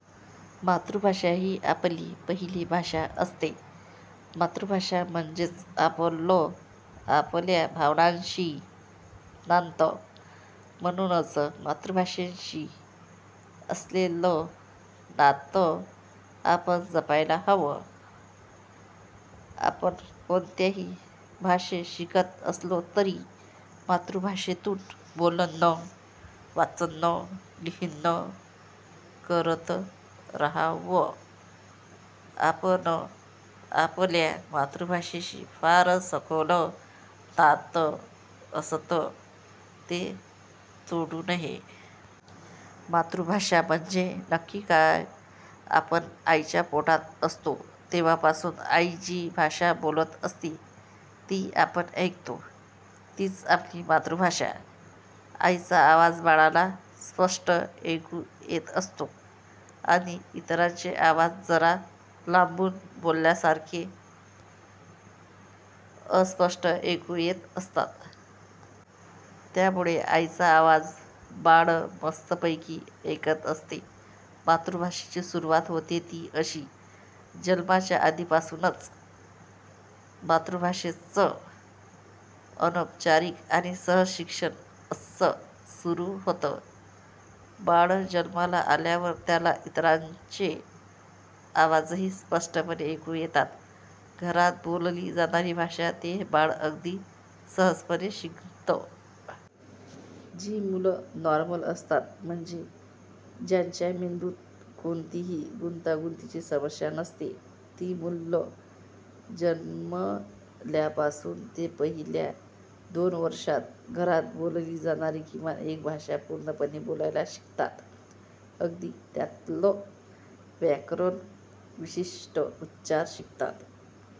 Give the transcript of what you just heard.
मातृभाषा ही आपली पहिली भाषा असते. मातृभाषा म्हणजेच आपलं आपल्या भावनांशी नातं; म्हणूनच मातृभाषेशी असलेलं नातं आपण जपायला हवं. आपण कोणत्याही भाषेत शिकत असलो, तरी मातृभाषेतून बोलणं, वाचणं, लिहिणं करत राहावं. आपलं आपल्या मातृभाषेशी फार सखोल नातं असतं; ते तोडू नये. मातृभाषा म्हणजे नक्की काय? आपण आईच्या पोटात असतो तेव्हापासून आई जी भाषा बोलत असते, ती आपण ऐकतो. तीच आपली मातृभाषा. आईचा आवाज बाळाला स्पष्ट ऐकू येत असतो आणि इतरांचे आवाज जरा लांबून बोलल्यासारखे, अस्पष्ट ऐकू येत असतात. त्यामुळे आईचा आवाज बाळ मस्तपैकी ऐकत असते. मातृभाषेची सुरुवात होते ती अशी, जन्माच्या आधीपासूनच! मातृभाषेचं अनौपचारिक आणि सहज शिक्षण असं सुरू होतं. बाळ जन्माला आल्यावर त्याला इतरांचे आवाजही स्पष्टपणे ऐकू येतात. घरात बोलली जाणारी भाषा ते बाळ अगदी सहजपणे शिकतं. जी मुलं नॉर्मल असतात, म्हणजे ज्यांच्या मेंदूत कोणतीही गुंतागुंतीची समस्या नसते, ती मुलं जन्मल्यापासून ते पहिल्या दोन वर्षांत, घरात बोलली जाणारी किमान एक भाषा पूर्णपणे बोलायला शिकतात. अगदी त्यातलं व्याकरण, विशिष्ट उच्चार शिकतात.